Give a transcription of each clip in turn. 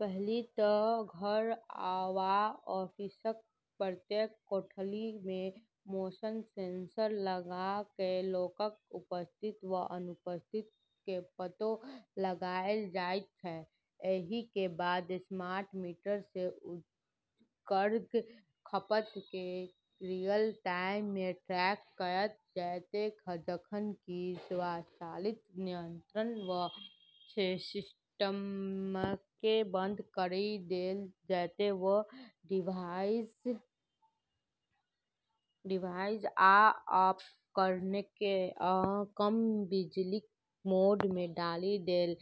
पहिल तँ घर वा ओफिसक प्रत्येक कोठली मे मोशन सेंसर लगा कए लोकक उपस्थिति वा अनुपस्थिति कें पत्तो लगाएल जाइत छै। एहि के बाद स्मार्ट मीटर सँ ऊर्जाक खपत कें रियल-टाइम मे ट्रैक कयल जेतै, जखन कि स्वचालित नियंत्रण सँ सिस्टमकें बन्द करि देल जेतै वा डिवाइस आ उपकरणकें कम बिजलीक मोड मे डालि देल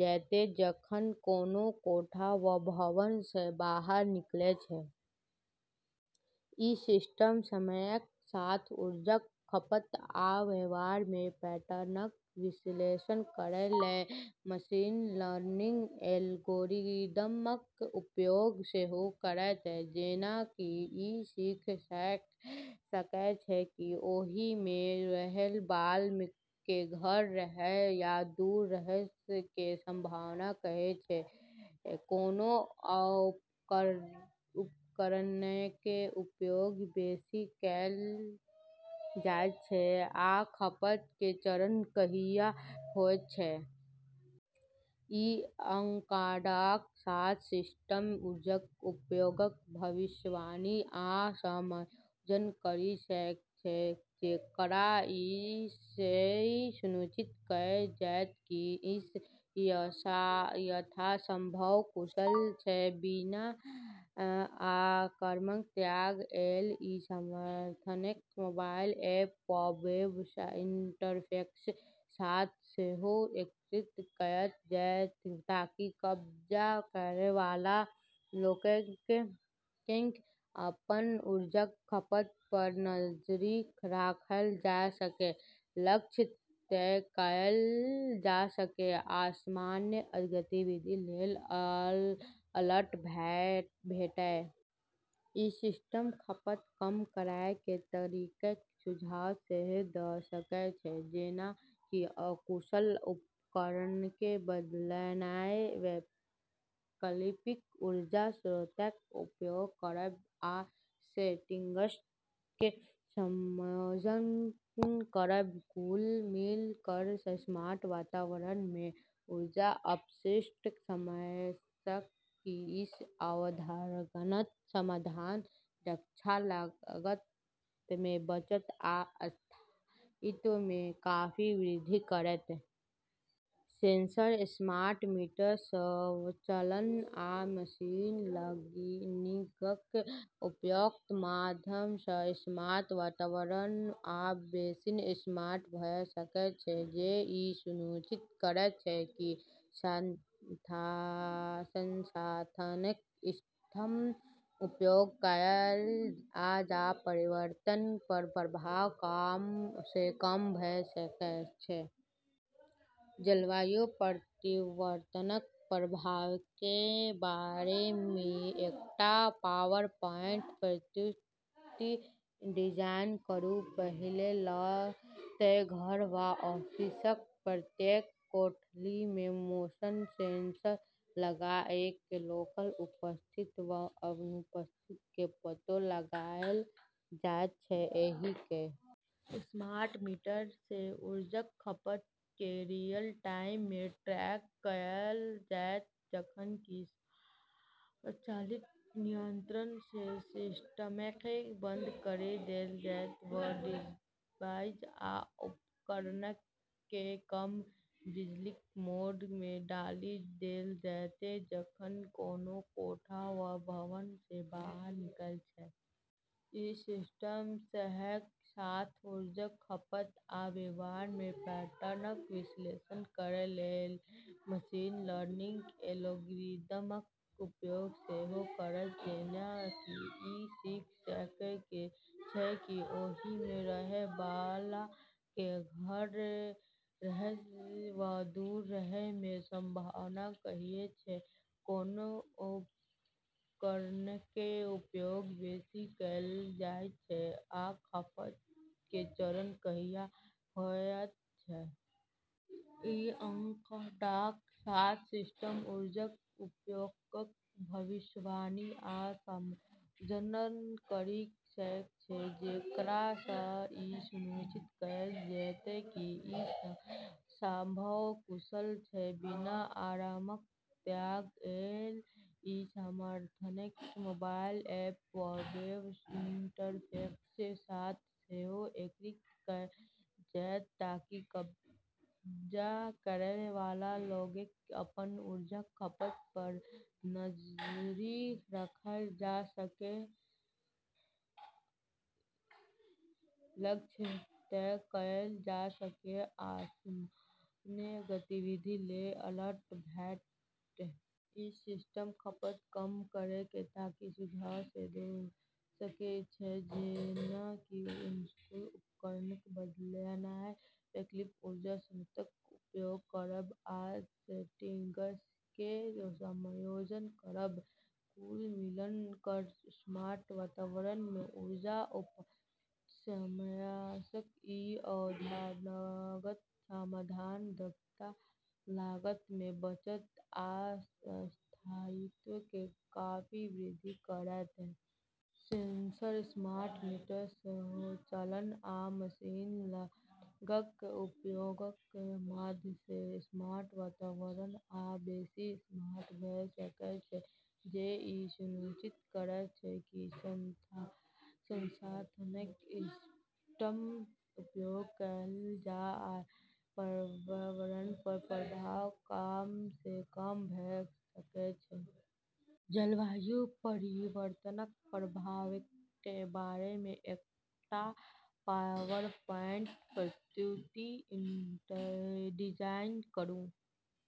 जेतै जखन कोनो कोठा वा भवन सँ बाहर निकलै छै। ई सिस्टम समयक साथ ऊर्जाक खपत आ व्यवहार मे पैटर्नक विश्लेषण करै लेल मशीन लर्निंग एल्गोरिदमक उपयोग सेहो करतै। जेना कि ई सीख सकै छै कि ओहि मे रहय बला कें घर रहय वा दूर रहय कें संभावना कहिया छै, कोनो उपकरणकें उपयोग बेसि कैल जाइत छै, आ खपत कें चरम कहिया होयत छै। ई आंकड़ाक साथ सिस्टम ऊर्जाक उपयोगक भविष्यवाणी आ समायोजन करि सकै छै, जेकरा सँ ई सुनिश्चित कयल जेतै कि ई यथासंभव कुशल छै, बिना आरामक त्याग कएल। ​ई समाधानकें मोबाइल ऐप वा वेब इंटरफेसक साथ सेहो एकीकृत कयल जेतै ताकि कब्जा करै वाला लोककें अपन ऊर्जाक खपत पर नजरि राखल जा सकै, लक्ष्य तय कयल जा सकै आ असामान्य गतिविधि लेल अलर्ट भेटै। ई सिस्टम खपतक कम करय कें तरीकाकें सुझाव सेहो द सकै छै, जेना कि अकुशल उपकरणकें बदलनाय, वैकल्पिक ऊर्जा स्रोतकें उपयोग करब, आ सेटिंग्सकें समायोजन करब। ​कुल मिला कऽ स्मार्ट वातावरण मे ऊर्जा अपशिष्टक समस्याक ई अवधारणागत समाधान दक्षता, लागत मे बचत आ स्थायित्व मे काफी वृद्धि करतै। सेंसर, स्मार्ट मीटर, स्वचालन, आ मशीन लर्निंगक उपयोगक माध्यम सँ स्मार्ट वातावरण आ बेसि स्मार्ट भ सकै छै, जे ई सुनिश्चित करैत छै कि संसाधनकें इष्टतम उपयोग कयल जा आ पर्यावरण पर प्रभाव कम सँ कम भ सकै छै। ​जलवायु परिवर्तनक प्रभावकें बारे मे एकटा पावरपॉइंट प्रस्तुति डिजाइन करूं। पहिल तँ घर वा ओफिसक प्रत्येक कोठली मे मोशन सेंसर लगा कए लोकक उपस्थिति वा अनुपस्थिति कें पत्तो लगाएल जाइत छै। एहि के बाद स्मार्ट मीटर सँ ऊर्जाक खपत कें रियल-टाइम मे ट्रैक कयल जेतै, जखन कि स्वचालित नियंत्रण सँ सिस्टमकें बन्द करि देल जेतै वा डिवाइस आ उपकरणकें कम बिजलीक मोड मे डालि देल जेतै जखन कोनो कोठा वा भवन सँ बाहर निकलै छै। ई सिस्टम समयक साथ ऊर्जाक खपत आ व्यवहार मे पैटर्नक विश्लेषण करै लेल मशीन लर्निंग एल्गोरिदमक उपयोग सेहो करतै। जेना कि ई सीख सकै छै कि ओहि मे रहय बला कें घर रहय वा दूर रहय कें संभावना कहिया छै, कोनो उपकरणकें उपयोग बेसि कैल जाइत छै, आ खपत कें चरम कहिया होयत छै। ई आंकड़ाक साथ सिस्टम ऊर्जाक उपयोगक भविष्यवाणी आ समायोजन करि सकै छै, जेकरा सँ ई सुनिश्चित कयल जेतै कि ई यथासंभव कुशल छै, बिना आरामक त्याग कएल। ई समाधानकें मोबाइल ऐप वा वेब इंटरफेसक साथ सेहो एकीकृत कयल जेतै ताकि कब्जा करै वाला लोककें अपन ऊर्जाक खपत पर नजरि राखल जा सकै, लक्ष्य तय कयल जा सकै आ असामान्य गतिविधि लेल अलर्ट भेटै। ई सिस्टम खपतक कम करय कें तरीकाकें सुझाव सेहो द सकै छै, जेना कि अकुशल उपकरणकें बदलनाय, वैकल्पिक ऊर्जा स्रोतकें उपयोग करब, आ सेटिंग्सकें समायोजन करब। कुल मिला कऽ स्मार्ट वातावरण मे ऊर्जा अपशिष्टक समस्याक ई अवधारणागत समाधान दक्षता, लागत मे बचत आ स्थायित्व मे काफी वृद्धि करतै। सेंसर, स्मार्ट मीटर, स्वचालन, आ मशीन लर्निंगक उपयोगक माध्यम सँ स्मार्ट वातावरण आ बेसि स्मार्ट भ सकै छै, जे ई सुनिश्चित करैत छै कि संसाधनकें इष्टतम उपयोग कयल जा आ पर्यावरण पर प्रभाव कम सँ कम भ सकै छै। जलवायु परिवर्तनक प्रभावकें बारे मे एकटा पावरपॉइंट प्रस्तुति डिजाइन करूं।